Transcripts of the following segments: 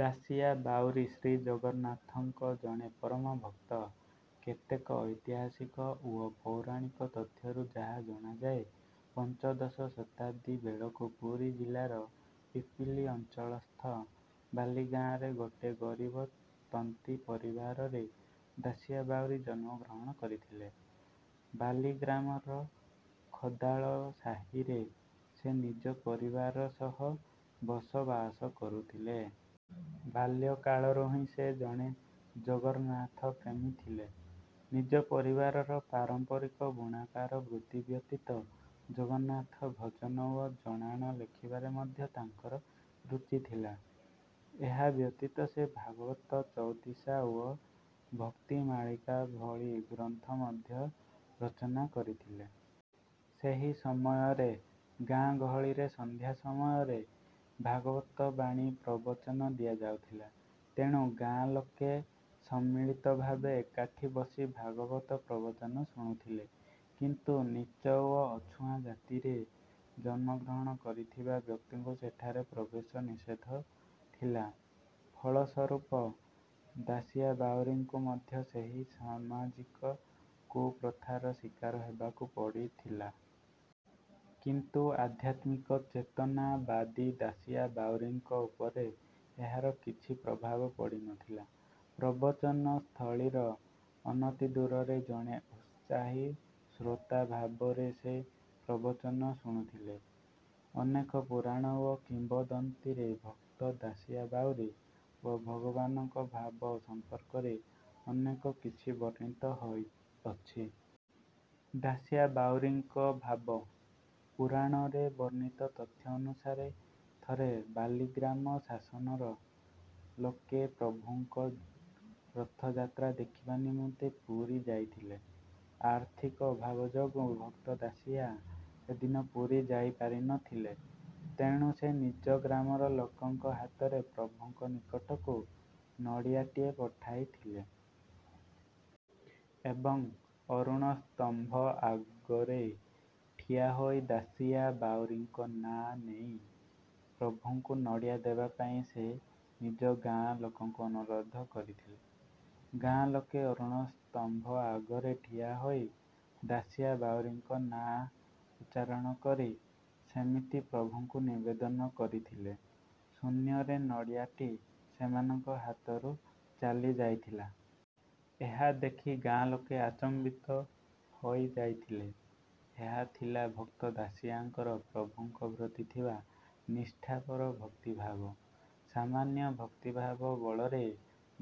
ଦାସିଆ ବାଉରୀ ଶ୍ରୀ ଜଗନ୍ନାଥଙ୍କ ଜଣେ ପରମ ଭକ୍ତ। କେତେକ ଐତିହାସିକ ଓ ପୌରାଣିକ ତଥ୍ୟରୁ ଯାହା ଜଣାଯାଏ ପଞ୍ଚଦଶ ଶତାବ୍ଦୀ ବେଳକୁ ପୁରୀ ଜିଲ୍ଲାର ପିପିଲି ଅଞ୍ଚଳସ୍ଥ ବାଲିଗାଁରେ ଗୋଟିଏ ଗରିବ ତନ୍ତୀ ପରିବାରରେ ଦାସିଆ ବାଉରୀ ଜନ୍ମଗ୍ରହଣ କରିଥିଲେ। ବାଲି ଗ୍ରାମର ଖଦାଳ ସାହିରେ ସେ ନିଜ ପରିବାର ସହ ବସବାସ କରୁଥିଲେ। ବାଲ୍ୟକାଳରୁ ହିଁ ସେ ଜଣେ ଜଗନ୍ନାଥପ୍ରେମୀ ଥିଲେ। ନିଜ ପରିବାରର ପାରମ୍ପରିକ ବୁଣାକାର ବୃତ୍ତି ବ୍ୟତୀତ ଜଗନ୍ନାଥ ଭଜନ ଓ ଜଣାଣ ଲେଖିବାରେ ମଧ୍ୟ ତାଙ୍କର ରୁଚି ଥିଲା। ଏହା ବ୍ୟତୀତ ସେ ଭାଗବତ ଚଉତିସା ଓ ଭକ୍ତିମାଳିକା ଭଳି ଗ୍ରନ୍ଥ ମଧ୍ୟ ରଚନା କରିଥିଲେ। ସେହି ସମୟରେ ଗାଁଗହଳିରେ ସନ୍ଧ୍ୟା ସମୟରେ ଭାଗବତ ବାଣୀ ପ୍ରବଚନ ଦିଆଯାଉଥିଲା। ତେଣୁ ଗାଁ ଲୋକେ ସମ୍ମିଳିତ ଭାବେ ଏକାଠି ବସି ଭାଗବତ ପ୍ରବଚନ ଶୁଣୁଥିଲେ। କିନ୍ତୁ ନୀଚ ଓ ଅଛୁଆଁ ଜାତିରେ ଜନ୍ମଗ୍ରହଣ କରିଥିବା ବ୍ୟକ୍ତିଙ୍କୁ ସେଠାରେ ପ୍ରବେଶ ନିଷେଧ ଥିଲା। ଫଳସ୍ୱରୂପ ଦାସିଆ ବାଉରୀଙ୍କୁ ମଧ୍ୟ ସେହି ସାମାଜିକ କୁପ୍ରଥାର ଶିକାର ହେବାକୁ ପଡ଼ିଥିଲା। କିନ୍ତୁ ଆଧ୍ୟାତ୍ମିକ ଚେତନାବାଦୀ ଦାସିଆ ବାଉରୀଙ୍କ ଉପରେ ଏହାର କିଛି ପ୍ରଭାବ ପଡ଼ିନଥିଲା। ପ୍ରବଚନ ସ୍ଥଳୀର ଅନତି ଦୂରରୁ ଜଣେ ଉତ୍ସାହୀ ଶ୍ରୋତା ଭାବରେ ସେ ପ୍ରବଚନ ଶୁଣୁଥିଲେ। ଅନେକ ପୁରାଣ ଓ କିମ୍ବଦନ୍ତୀରେ ଭକ୍ତ ଦାସିଆ ବାଉରୀ ଓ ଭଗବାନଙ୍କ ଭାବ ସମ୍ପର୍କରେ ଅନେକ କିଛି ବର୍ଣ୍ଣିତ ହୋଇଅଛି। ଦାସିଆ ବାଉରୀଙ୍କ ଭାବ। ପୁରାଣରେ ବର୍ଣ୍ଣିତ ତଥ୍ୟ ଅନୁସାରେ ଥରେ ବାଲି ଗ୍ରାମ ଶାସନର ଲୋକେ ପ୍ରଭୁଙ୍କ ରଥଯାତ୍ରା ଦେଖିବା ନିମନ୍ତେ ପୁରୀ ଯାଇଥିଲେ। ଆର୍ଥିକ ଅଭାବ ଯୋଗୁଁ ଭକ୍ତ ଦାସିଆ ସେଦିନ ପୁରୀ ଯାଇପାରିନଥିଲେ। ତେଣୁ ସେ ନିଜ ଗ୍ରାମର ଲୋକଙ୍କ ହାତରେ ପ୍ରଭୁଙ୍କ ନିକଟକୁ ନଡ଼ିଆଟିଏ ପଠାଇଥିଲେ। ଏବଂ ଅରୁଣ ସ୍ତମ୍ଭ ଆଗରେ ଠିଆହୋଇ ଦାସିଆ ବାଉରୀଙ୍କ ନାଁ ନେଇ ପ୍ରଭୁଙ୍କୁ ନଡ଼ିଆ ଦେବା ପାଇଁ ସେ ନିଜ ଗାଁ ଲୋକଙ୍କୁ ଅନୁରୋଧ କରିଥିଲେ। ଗାଁ ଲୋକେ ଅରୁଣ ସ୍ତମ୍ଭ ଆଗରେ ଠିଆ ହୋଇ ଦାସିଆ ବାଉରୀଙ୍କ ନାଁ ଉଚ୍ଚାରଣ କରି ଯେମିତି ପ୍ରଭୁଙ୍କୁ ନିବେଦନ କରିଥିଲେ ଶୂନ୍ୟରେ ନଡ଼ିଆଟି ସେମାନଙ୍କ ହାତରୁ ଚାଲିଯାଇଥିଲା। ଏହା ଦେଖି ଗାଁ ଲୋକେ ଆଚମ୍ବିତ ହୋଇଯାଇଥିଲେ। ଏହା ଥିଲା ଭକ୍ତ ଦାସିଆଙ୍କର ପ୍ରଭୁଙ୍କ ପ୍ରତି ଥିବା ନିଷ୍ଠାପର ଭକ୍ତିଭାବ। ସାମାନ୍ୟ ଭକ୍ତିଭାବ ବଳରେ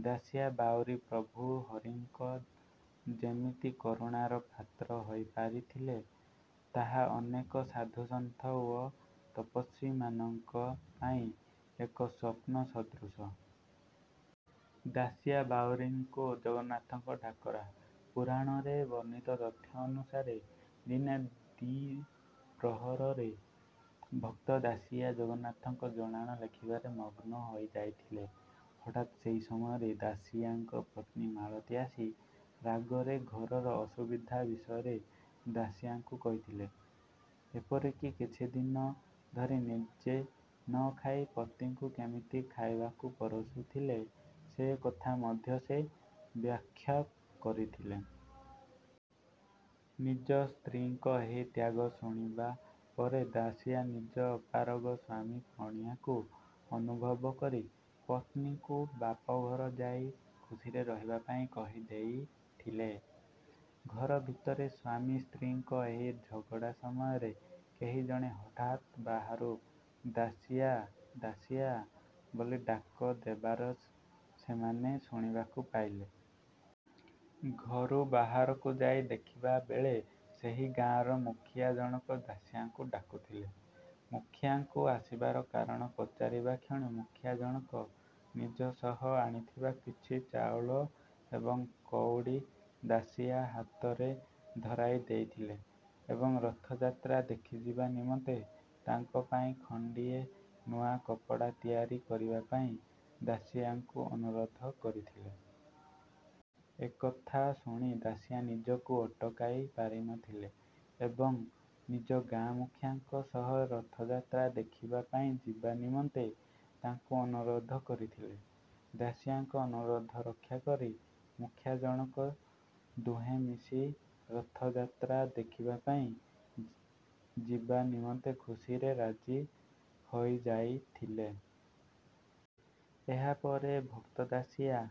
ଦାସିଆ ବାଉରୀ ପ୍ରଭୁ ହରିଙ୍କ ଯେମିତି କରୁଣାର ପାତ୍ର ହୋଇପାରିଥିଲେ ତାହା ଅନେକ ସାଧୁ ସନ୍ଥ ଓ ତପସ୍ୱୀମାନଙ୍କ ପାଇଁ ଏକ ସ୍ୱପ୍ନ ସଦୃଶ। ଦାସିଆ ବାଉରୀଙ୍କୁ ଜଗନ୍ନାଥଙ୍କ ଡାକରା। ପୁରାଣରେ ବର୍ଣ୍ଣିତ ତଥ୍ୟ ଅନୁସାରେ ଦିନେ ଦ୍ୱିପ୍ରହରରେ ଭକ୍ତ ଦାସିଆ ଜଗନ୍ନାଥଙ୍କ ଜଣାଣ ଲେଖିବାରେ ମଗ୍ନ ହୋଇଯାଇଥିଲେ। ହଠାତ୍ ସେହି ସମୟରେ ଦାସିଆଙ୍କ ପତ୍ନୀ ମାଳତୀ ଆସି ରାଗରେ ଘରର ଅସୁବିଧା ବିଷୟରେ ଦାସିଆଙ୍କୁ କହିଥିଲେ। ଏପରିକି କିଛିଦିନ ଧରି ନିଜେ ନଖାଇ ପତିଙ୍କୁ କେମିତି ଖାଇବାକୁ ପରସୁଥିଲେ ସେ କଥା ମଧ୍ୟ ସେ ବ୍ୟାଖ୍ୟା କରିଥିଲେ। ନିଜ ସ୍ତ୍ରୀଙ୍କ ଏହି ତ୍ୟାଗ ଶୁଣିବା ପରେ ଦାସିଆ ନିଜ ଅପାରଗ ସ୍ୱାମୀପଣିଆକୁ ଅନୁଭବ କରି ପତ୍ନୀଙ୍କୁ ବାପଘର ଯାଇ ଖୁସିରେ ରହିବା ପାଇଁ କହିଦେଇଥିଲେ। ଘର ଭିତରେ ସ୍ୱାମୀ ସ୍ତ୍ରୀଙ୍କ ଏହି ଝଗଡ଼ା ସମୟରେ କେହି ଜଣେ ହଠାତ୍ ବାହାରୁ ଦାସିଆ ଦାସିଆ ବୋଲି ଡାକ ଦେବାର ସେମାନେ ଶୁଣିବାକୁ ପାଇଲେ। ଘରୁ ବାହାରକୁ ଯାଇ ଦେଖିବା ବେଳେ ସେହି ଗାଁର ମୁଖିଆ ଜଣକ ଦାସିଆଙ୍କୁ ଡାକୁଥିଲେ। ମୁଖିଆଙ୍କୁ ଆସିବାର କାରଣ ପଚାରିବା କ୍ଷଣି ମୁଖିଆ ଜଣକ ନିଜ ସହ ଆଣିଥିବା କିଛି ଚାଉଳ ଏବଂ କଉଡ଼ି ଦାସିଆ ହାତରେ ଧରାଇ ଦେଇଥିଲେ ଏବଂ ରଥଯାତ୍ରା ଦେଖିଯିବା ନିମନ୍ତେ ତାଙ୍କ ପାଇଁ ଖଣ୍ଡିଏ ନୂଆ କପଡ଼ା ତିଆରି କରିବା ପାଇଁ ଦାସିଆଙ୍କୁ ଅନୁରୋଧ କରିଥିଲେ। ଏ କଥା ଶୁଣି ଦାସିଆ ନିଜକୁ ଅଟକାଇ ପାରିନଥିଲେ ଏବଂ ନିଜ ଗାଁ ମୁଖିଆଙ୍କ ସହ ରଥଯାତ୍ରା ଦେଖିବା ପାଇଁ ଯିବା ନିମନ୍ତେ ତାଙ୍କୁ ଅନୁରୋଧ କରିଥିଲେ। ଦାସିଆଙ୍କ ଅନୁରୋଧ ରକ୍ଷା କରି ମୁଖିଆ ଜଣକ ଦୁହେଁ ମିଶି ରଥଯାତ୍ରା ଦେଖିବା ପାଇଁ ଯିବା ନିମନ୍ତେ ଖୁସିରେ ରାଜି ହୋଇଯାଇଥିଲେ। ଏହା ପରେ ଭକ୍ତ ଦାସିଆ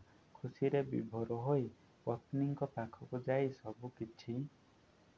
ଖୁସିରେ ବିଭୋର ହୋଇ ପତ୍ନୀଙ୍କ ପାଖକୁ ଯାଇ ସବୁ କିଛି